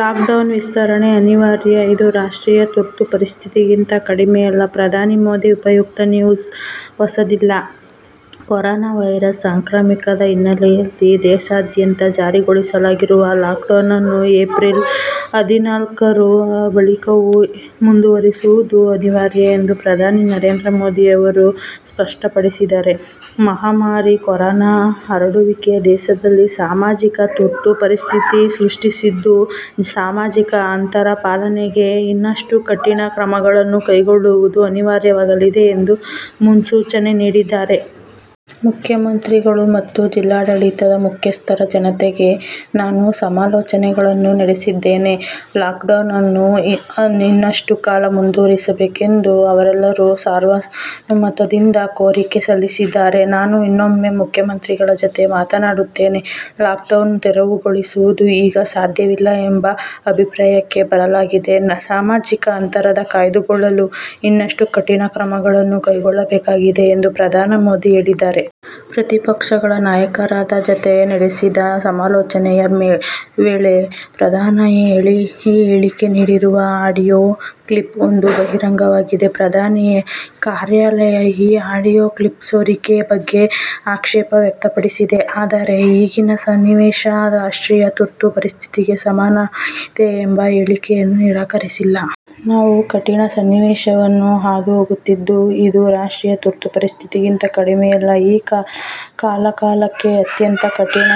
Lockdown ವಿಸ್ತರಣೆ ಅನಿವಾರ್ಯ, ಇದು 'ರಾಷ್ಟ್ರೀಯ ತುರ್ತು ಪರಿಸ್ಥಿತಿ'ಗಿಂತ ಕಡಿಮೆಯಲ್ಲ: ಪ್ರಧಾನಿ ಮೋದಿ ಉಪಯುಕ್ತ ನ್ಯೂಸ್ ಹೊಸದಿಲ್ಲಿ: ಕೊರೊನಾ ವೈರಸ್ ಸಾಂಕ್ರಾಮಿಕದ ಹಿನ್ನೆಲೆಯಲ್ಲಿ ದೇಶಾದ್ಯಂತ ಜಾರಿಗೊಳಿಸಲಾಗಿರುವ ಲಾಕ್ಡೌನ್ ಅನ್ನು ಏಪ್ರಿಲ್ ಹದಿನಾಲ್ಕರ ಬಳಿಕವೂ ಮುಂದುವರಿಸುವುದು ಅನಿವಾರ್ಯ ಎಂದು ಪ್ರಧಾನಿ ನರೇಂದ್ರ ಮೋದಿ ಅವರು ಸ್ಪಷ್ಟಪಡಿಸಿದ್ದಾರೆ. ಮಹಾಮಾರಿ ಕೊರೊನಾ ಹರಡುವಿಕೆ ದೇಶದಲ್ಲಿ ಸಾಮಾಜಿಕ ತುರ್ತು ಪರಿಸ್ಥಿತಿ ಸೃಷ್ಟಿಸಿದ್ದು, ಸಾಮಾಜಿಕ ಅಂತರ ಪಾಲನೆಗೆ ಇನ್ನಷ್ಟು ಕಠಿಣ ಕ್ರಮಗಳನ್ನು ಕೈಗೊಳ್ಳುವುದು ಅನಿವಾರ್ಯವಾಗಲಿದೆ ಎಂದು ಮುನ್ಸೂಚನೆ ನೀಡಿದ್ದಾರೆ. 'ಮುಖ್ಯಮಂತ್ರಿಗಳು ಮತ್ತು ಜಿಲ್ಲಾಡಳಿತದ ಮುಖ್ಯಸ್ಥರ ಜತೆಗೆ ನಾನು ಸಮಾಲೋಚನೆಗಳನ್ನು ನಡೆಸಿದ್ದೇನೆ. ಲಾಕ್ಡೌನ್ ಅನ್ನು ಇನ್ನಷ್ಟು ಕಾಲ ಮುಂದುವರಿಸಬೇಕು ಎಂದು ಅವರೆಲ್ಲರೂ ಸರ್ವಾನುಮತದಿಂದ ಕೋರಿಕೆ ಸಲ್ಲಿಸಿದ್ದಾರೆ. ನಾನು ಇನ್ನೊಮ್ಮೆ ಮುಖ್ಯಮಂತ್ರಿಗಳ ಜತೆ ಮಾತನಾಡುತ್ತೇನೆ. ಲಾಕ್ ಡೌನ್ ತೆರವುಗೊಳಿಸುವುದು ಈಗ ಸಾಧ್ಯವಿಲ್ಲ ಎಂಬ ಅಭಿಪ್ರಾಯಕ್ಕೆ ಬರಲಾಗಿದೆ. ಸಾಮಾಜಿಕ ಅಂತರ ಕಾಯ್ದುಕೊಳ್ಳಲು ಇನ್ನಷ್ಟು ಕಠಿಣ ಕ್ರಮಗಳನ್ನು ಕೈಗೊಳ್ಳಬೇಕಾಗುತ್ತದೆ' ಎಂದು ಪ್ರಧಾನಿ ಮೋದಿ ಹೇಳಿದ್ದಾರೆ. ಪ್ರತಿಪಕ್ಷಗಳ ನಾಯಕರ ಜತೆ ನಡೆಸಿದ ಸಮಾಲೋಚನೆಯ ವೇಳೆ ಪ್ರಧಾನಿ ಈ ಹೇಳಿಕೆ ನೀಡಿರುವ ಆಡಿಯೋ ಕ್ಲಿಪ್ ಒಂದು ಬಹಿರಂಗವಾಗಿದೆ. ಪ್ರಧಾನಿ ಕಾರ್ಯಾಲಯ ಈ ಆಡಿಯೋ ಕ್ಲಿಪ್ ಸೋರಿಕೆ ಬಗ್ಗೆ ಆಕ್ಷೇಪ ವ್ಯಕ್ತಪಡಿಸಿದೆ; ಆದರೆ ಈಗಿನ ಸನ್ನಿವೇಶ ರಾಷ್ಟ್ರೀಯ ತುರ್ತು ಪರಿಸ್ಥಿತಿಗೆ ಸಮನಾಗಿದೆ ಎಂಬ ಹೇಳಿಕೆಯನ್ನು ನಿರಾಕರಿಸಿಲ್ಲ. 'ನಾವು ಕಠಿಣ ಸನ್ನಿವೇಶವನ್ನು ಹಾದುಹೋಗುತ್ತಿದ್ದು, ಇದು ರಾಷ್ಟ್ರೀಯ ತುರ್ತು ಪರಿಸ್ಥಿತಿಗಿಂತ ಕಡಿಮೆಯಲ್ಲ. ಕಾಲ ಕಾಲಕ್ಕೆ ಅತ್ಯಂತ ಕಠಿಣ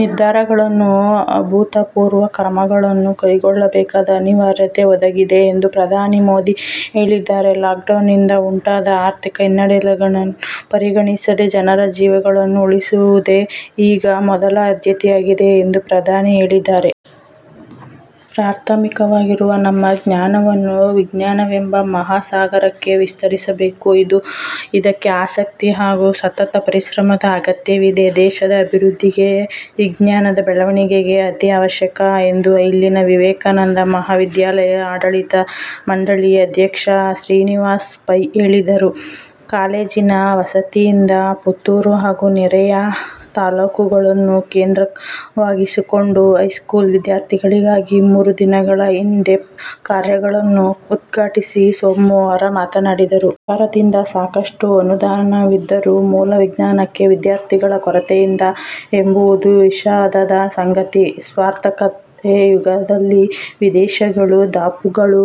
ನಿರ್ಧಾರಗಳನ್ನು, ಅಭೂತಪೂರ್ವ ಕ್ರಮಗಳನ್ನು ಕೈಗೊಳ್ಳಬೇಕಾದ ಅನಿವಾರ್ಯತೆ ಒದಗಿದೆ' ಎಂದು ಪ್ರಧಾನಿ ಮೋದಿ ಹೇಳಿದ್ದಾರೆ. ಲಾಕ್ಡೌನ್ನಿಂದ ಉಂಟಾದ ಆರ್ಥಿಕ ಹಿನ್ನಡೆಗಳನ್ನು ಪರಿಗಣಿಸದೆ, ಜನರ ಜೀವಗಳನ್ನು ಉಳಿಸುವುದೇ ಈಗ ಮೊದಲ ಆದ್ಯತೆಯಾಗಿದೆ ಎಂದು ಪ್ರಧಾನಿ ಹೇಳಿದ್ದಾರೆ. ಪ್ರಾಥಮಿಕವಾಗಿರುವ ನಮ್ಮ ಜ್ಞಾನವನ್ನು ವಿಜ್ಞಾನವೆಂಬ ಮಹಾ ಸಾಗರಕ್ಕೆ ವಿಸ್ತರಿಸಬೇಕು. ಇದಕ್ಕೆ ಆಸಕ್ತಿ ಹಾಗೂ ಸತತ ಪರಿಶ್ರಮದ ಅಗತ್ಯವಿದೆ, ದೇಶದ ಅಭಿವೃದ್ಧಿಗೆ ವಿಜ್ಞಾನದ ಬೆಳವಣಿಗೆ ಅತೀ ಅವಶ್ಯಕ ಎಂದು ಇಲ್ಲಿನ ವಿವೇಕಾನಂದ ಮಹಾವಿದ್ಯಾಲಯದ ಆಡಳಿತ ಮಂಡಳಿ ಅಧ್ಯಕ್ಷ ಶ್ರೀನಿವಾಸ್ ಪೈ ಹೇಳಿದರು. ಕಾಲೇಜಿನ ವತಿಯಿಂದ ಪುತ್ತೂರು ಹಾಗೂ ನೆರೆಯ ತಾಲೂಕುಗಳನ್ನು ಕೇಂದ್ರವಾಗಿಸಿಕೊಂಡು ಹೈಸ್ಕೂಲ್ ವಿದ್ಯಾರ್ಥಿಗಳಿಗಾಗಿ ಮೂರು ದಿನಗಳ ಇನ್ ಡೆಪ್ತ್ ಕಾರ್ಯಕ್ರಮವನ್ನು ಉದ್ಘಾಟಿಸಿ ಸೋಮವಾರ ಮಾತನಾಡಿದರು. ಸರ್ಕಾರದಿಂದ ಸಾಕಷ್ಟು ಅನುದಾನವಿದ್ದರೂ ಮೂಲ ವಿಜ್ಞಾನಕ್ಕೆ ವಿದ್ಯಾರ್ಥಿಗಳ ಕೊರತೆಯಿದೆ ಎಂಬುವುದು ವಿಷಾದದ ಸಂಗತಿ. ಸ್ಪರ್ಧಾತ್ಮಕ ಯುಗದಲ್ಲಿ ವಿದೇಶಗಳು ದಾಪುಗಾಲು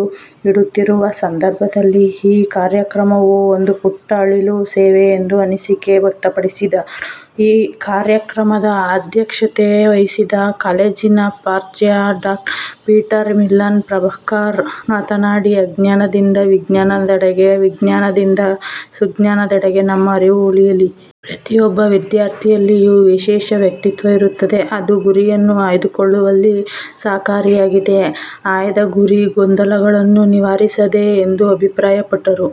ಇಡುತ್ತಿರುವ ಸಂದರ್ಭದಲ್ಲಿ ಈ ಕಾರ್ಯಕ್ರಮವು ಒಂದು ಪುಟ್ಟ ಅಳಿಲು ಸೇವೆ ಎಂದು ಅನಿಸಿಕೆ ವ್ಯಕ್ತಪಡಿಸಿದರು. ಕಾರ್ಯಕ್ರಮದ ಅಧ್ಯಕ್ಷತೆ ವಹಿಸಿದ್ದ ಕಾಲೇಜಿನ ಪ್ರಾಚಾರ್ಯ ಡಾ. ಪೀಟರ್ ವಿಲ್ಸನ್ ಪ್ರಭಾಕರ್ ಮಾತನಾಡಿ, ಅಜ್ಞಾನದಿಂದ ವಿಜ್ಞಾನದೆಡೆಗೆ, ವಿಜ್ಞಾನದಿಂದ ಸುಜ್ಞಾನದೆಡೆಗೆ ನಮ್ಮ ಅರಿವು ಹರಿಯಲಿ. ಪ್ರತಿಯೊಬ್ಬ ವಿದ್ಯಾರ್ಥಿಯಲ್ಲಿಯೂ ವಿಶೇಷ ವ್ಯಕ್ತಿತ್ವವಿರುತ್ತದೆ. ಅದು ಗುರಿಯನ್ನು ಆಯ್ದುಕೊಳ್ಳುವಲ್ಲಿ ಸಹಕರಿಸಿದಾಗ ಆಯ್ದ ಗುರಿ ಗೊಂದಲಗಳನ್ನು ನಿವಾರಿಸುತ್ತದೆ ಎಂದು ಅಭಿಪ್ರಾಯಪಟ್ಟರು.